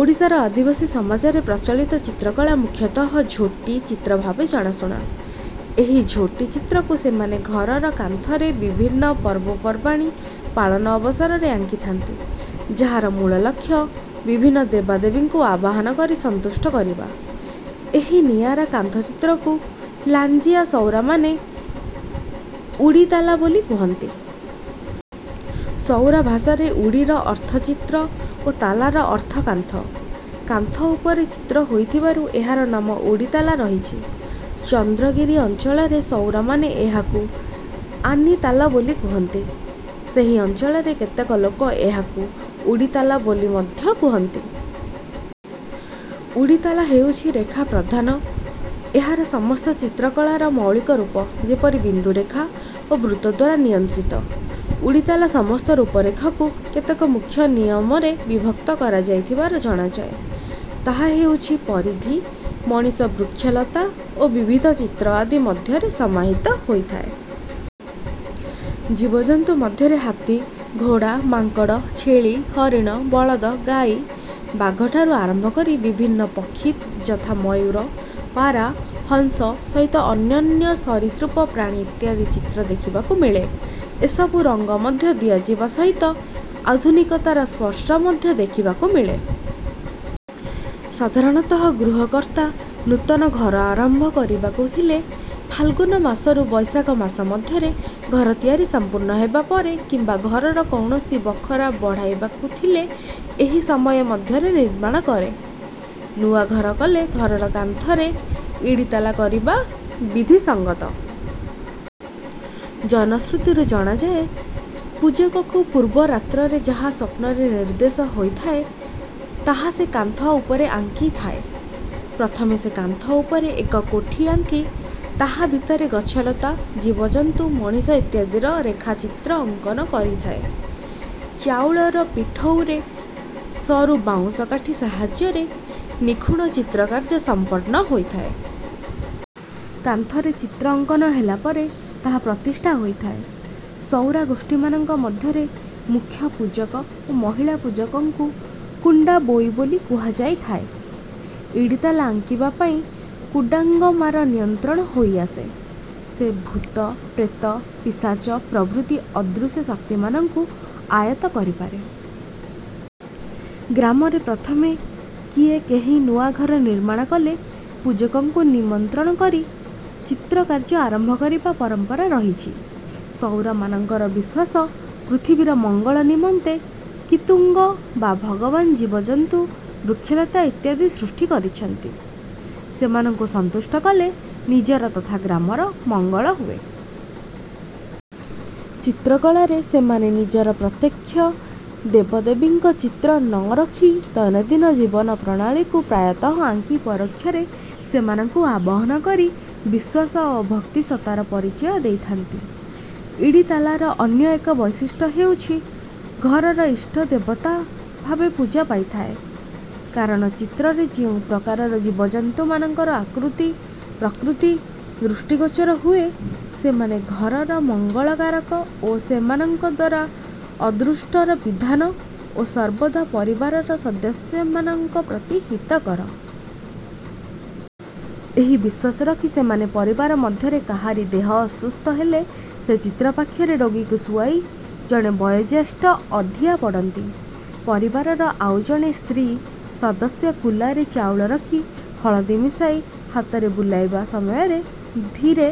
ଓଡ଼ିଶାର ଆଦିବାସୀ ସମାଜରେ ପ୍ରଚଳିତ ଚିତ୍ରକଳା ମୁଖ୍ୟତଃ ଝୋଟି ଚିତ୍ର ଭାବେ ଜଣାଶୁଣା। ଏହି ଝୋଟିଚିତ୍ରକୁ ସେମାନେ ଘରର କାନ୍ଥରେ ବିଭିନ୍ନ ପର୍ବପର୍ବାଣି ପାଳନ ଅବସରରେ ଆଙ୍କିଥାନ୍ତି ଯାହାର ମୂଳ ଲକ୍ଷ୍ୟ ବିଭିନ୍ନ ଦେବଦେବୀଙ୍କୁ ଆବାହନ କରି ସନ୍ତୁଷ୍ଟ କରିବା। ଏହି ନିଆରା କାନ୍ଥଚିତ୍ରକୁ ଲାଞ୍ଜିଆ ସଉରାମାନେ ଇଡ଼ିତାଲ ବୋଲି କୁହନ୍ତି। ସଉରା ଭାଷାରେ ଇଡ଼ିର ଅର୍ଥ ଚିତ୍ର ଓ ତାଲର ଅର୍ଥ କାନ୍ଥ। କାନ୍ଥ ଉପରେ ଚିତ୍ର ହୋଇଥିବାରୁ ଏହାର ନାମ ଇଡ଼ିତାଲ ରହିଛି। ଚନ୍ଦ୍ରଗିରି ଅଞ୍ଚଳର ସଉରାମାନେ ଏହାକୁ ଆନିତାଲ ବୋଲି କହନ୍ତି। ସେହି ଅଞ୍ଚଳର କେତେକ ଲୋକ ଏହାକୁ ଇଡ଼ିତାଲ ବୋଲି ମଧ୍ୟ କୁହନ୍ତି। ଇଡ଼ିତାଲ ହେଉଛି ରେଖା ପ୍ରଧାନ ଏହାର ସମସ୍ତ ଚିତ୍ରକଳାର ମୌଳିକ ରୂପ ଯେପରି ବିନ୍ଦୁ ରେଖା ଓ ବୃତ୍ତ ଦ୍ୱାରା ନିୟନ୍ତ୍ରିତ। ଇଡ଼ିତାଲ ସମସ୍ତ ରୂପରେଖକୁ କେତେକ ମୁଖ୍ୟ ନିୟମରେ ବିଭକ୍ତ କରାଯାଇଥିବାର ଜଣାଯାଏ। ତାହା ହେଉଛି ପରିଧି ମଣିଷ ବୃକ୍ଷଲତା ଓ ବିବିଧ ଚିତ୍ର ଆଦି ମଧ୍ୟରେ ସମାହିତ ହୋଇଥାଏ। ଜୀବଜନ୍ତୁ ମଧ୍ୟରେ ହାତୀ ଘୋଡ଼ା ମାଙ୍କଡ଼ ଛେଳି ହରିଣ ବଳଦ ଗାଈ ବାଘଠାରୁ ଆରମ୍ଭ କରି ବିଭିନ୍ନ ପକ୍ଷୀ ଯଥା ମୟୂର ପାରା ହଂସ ସହିତ ଅନ୍ୟାନ୍ୟ ସରୀସୃପ ପ୍ରାଣୀ ଇତ୍ୟାଦି ଚିତ୍ର ଦେଖିବାକୁ ମିଳେ ଏସବୁରେ ରଙ୍ଗ ମଧ୍ୟ ଦିଆଯିବା ସହିତ ଆଧୁନିକତାର ସ୍ପର୍ଶ ମଧ୍ୟ ଦେଖିବାକୁ ମିଳେ। ସାଧାରଣତଃ ଗୃହକର୍ତ୍ତା ନୂତନ ଘର ଆରମ୍ଭ କରିବାକୁ ଥିଲେ ଫାଲଗୁନ ମାସରୁ ବୈଶାଖ ମାସ ମଧ୍ୟରେ ଘର ତିଆରି ସମ୍ପୂର୍ଣ୍ଣ ହେବା ପରେ କିମ୍ବା ଘରର କୌଣସି ବଖରା ବଢ଼ାଇବାକୁ ଥିଲେ ଏହି ସମୟ ମଧ୍ୟରେ ନିର୍ମାଣ କରେ। ନୂଆ ଘର କଲେ ଘରର କାନ୍ଥରେ ଇଡ଼ିତାଲ କରିବା ବିଧିସଙ୍ଗତ। ଜନଶ୍ରୁତିରୁ ଜଣାଯାଏ ପୂଜକକୁ ପୂର୍ବ ରାତ୍ରରେ ଯାହା ସ୍ୱପ୍ନରେ ନିର୍ଦ୍ଦେଶ ହୋଇଥାଏ ତାହା ସେ କାନ୍ଥ ଉପରେ ଆଙ୍କିଥାଏ। ପ୍ରଥମେ ସେ କାନ୍ଥ ଉପରେ ଏକ କୋଠି ଆଙ୍କି ତାହା ଭିତରେ ଗଛଲତା ଜୀବଜନ୍ତୁ ମଣିଷ ଇତ୍ୟାଦିର ରେଖାଚିତ୍ର ଅଙ୍କନ କରିଥାଏ। ଚାଉଳର ପିଠଉରେ ସରୁ ବାଉଁଶ କାଠି ସାହାଯ୍ୟରେ ନିଖୁଣ ଚିତ୍ର କାର୍ଯ୍ୟ ସମ୍ପନ୍ନ ହୋଇଥାଏ। କାନ୍ଥରେ ଚିତ୍ର ଅଙ୍କନ ହେଲା ପରେ ତାହା ପ୍ରତିଷ୍ଠା ହୋଇଥାଏ। ସଉରା ଗୋଷ୍ଠୀମାନଙ୍କ ମଧ୍ୟରେ ମୁଖ୍ୟ ପୂଜକ ଓ ମହିଳା ପୂଜକଙ୍କୁ କୁଣ୍ଡାବୋଇ କୁହାଯାଇଥାଏ। ଇଡ଼ିତାଲ ଆଙ୍କିବା ପାଇଁ କୁଡ଼ାଙ୍ଗମ୍ମାର ନିମନ୍ତ୍ରଣ ହୋଇଆସେ। ସେ ଭୂତ ପ୍ରେତ ପିଶାଚ ପ୍ରଭୃତି ଅଦୃଶ୍ୟ ଶକ୍ତିମାନଙ୍କୁ ଆୟତ୍ତ କରିପାରେ। ଗ୍ରାମରେ ପ୍ରଥମେ କିଏ କେହି ନୂଆ ଘର ନିର୍ମାଣ କଲେ ପୂଜକଙ୍କୁ ନିମନ୍ତ୍ରଣ କରି ଚିତ୍ର କାର୍ଯ୍ୟ ଆରମ୍ଭ କରିବା ପରମ୍ପରା ରହିଛି। ସଉରାମାନଙ୍କର ବିଶ୍ୱାସ ପୃଥିବୀର ମଙ୍ଗଳ ନିମନ୍ତେ କିତୁଙ୍ଗ ବା ଭଗବାନ ଜୀବଜନ୍ତୁ ବୃକ୍ଷଲତା ଇତ୍ୟାଦି ସୃଷ୍ଟି କରିଛନ୍ତି। ସେମାନଙ୍କୁ ସନ୍ତୁଷ୍ଟ କଲେ ନିଜର ତଥା ଗ୍ରାମର ମଙ୍ଗଳ ହୁଏ। ଚିତ୍ରକଳାରେ ସେମାନେ ନିଜର ପ୍ରତ୍ୟକ୍ଷ ଦେବଦେବୀଙ୍କ ଚିତ୍ର ନ ରଖି ଦୈନନ୍ଦିନ ଜୀବନ ପ୍ରଣାଳୀକୁ ପ୍ରାୟତଃ ଆଙ୍କି ପରୋକ୍ଷରେ ସେମାନଙ୍କୁ ଆବାହନ କରି ବିଶ୍ୱାସ ଓ ଭକ୍ତିସତ୍ତାର ପରିଚୟ ଦେଇଥାନ୍ତି। ଇଡ଼ିତାଲର ଅନ୍ୟ ଏକ ବୈଶିଷ୍ଟ୍ୟ ହେଉଛି ଘରର ଇଷ୍ଟଦେବତା ଭାବେ ପୂଜା ପାଇଥାଏ। କାରଣ ଚିତ୍ରରେ ଯେଉଁ ପ୍ରକାରର ଜୀବଜନ୍ତୁମାନଙ୍କର ଆକୃତି ପ୍ରକୃତି ଦୃଷ୍ଟିଗୋଚର ହୁଏ ସେମାନେ ଘରର ମଙ୍ଗଳକାରକ ଓ ସେମାନଙ୍କ ଦ୍ୱାରା ଅଦୃଷ୍ଟର ବିଧାନ ଓ ସର୍ବଦା ପରିବାରର ସଦସ୍ୟମାନଙ୍କ ପ୍ରତି ହିତକର। ଏହି ବିଶ୍ୱାସ ରଖି ସେମାନେ ପରିବାର ମଧ୍ୟରେ କାହାରି ଦେହ ଅସୁସ୍ଥ ହେଲେ ସେ ଚିତ୍ର ପାଖରେ ରୋଗୀକୁ ଶୁଆଇ ଜଣେ ବୟୋଜ୍ୟେଷ୍ଠ ଅଧିଆ ପଡ଼ନ୍ତି। ପରିବାରର ଆଉ ଜଣେ ସ୍ତ୍ରୀ ସଦସ୍ୟ କୁଲାରେ ଚାଉଳ ରଖି ହଳଦୀ ମିଶାଇ ହାତରେ ବୁଲାଇବା ସମୟରେ ଧୀରେ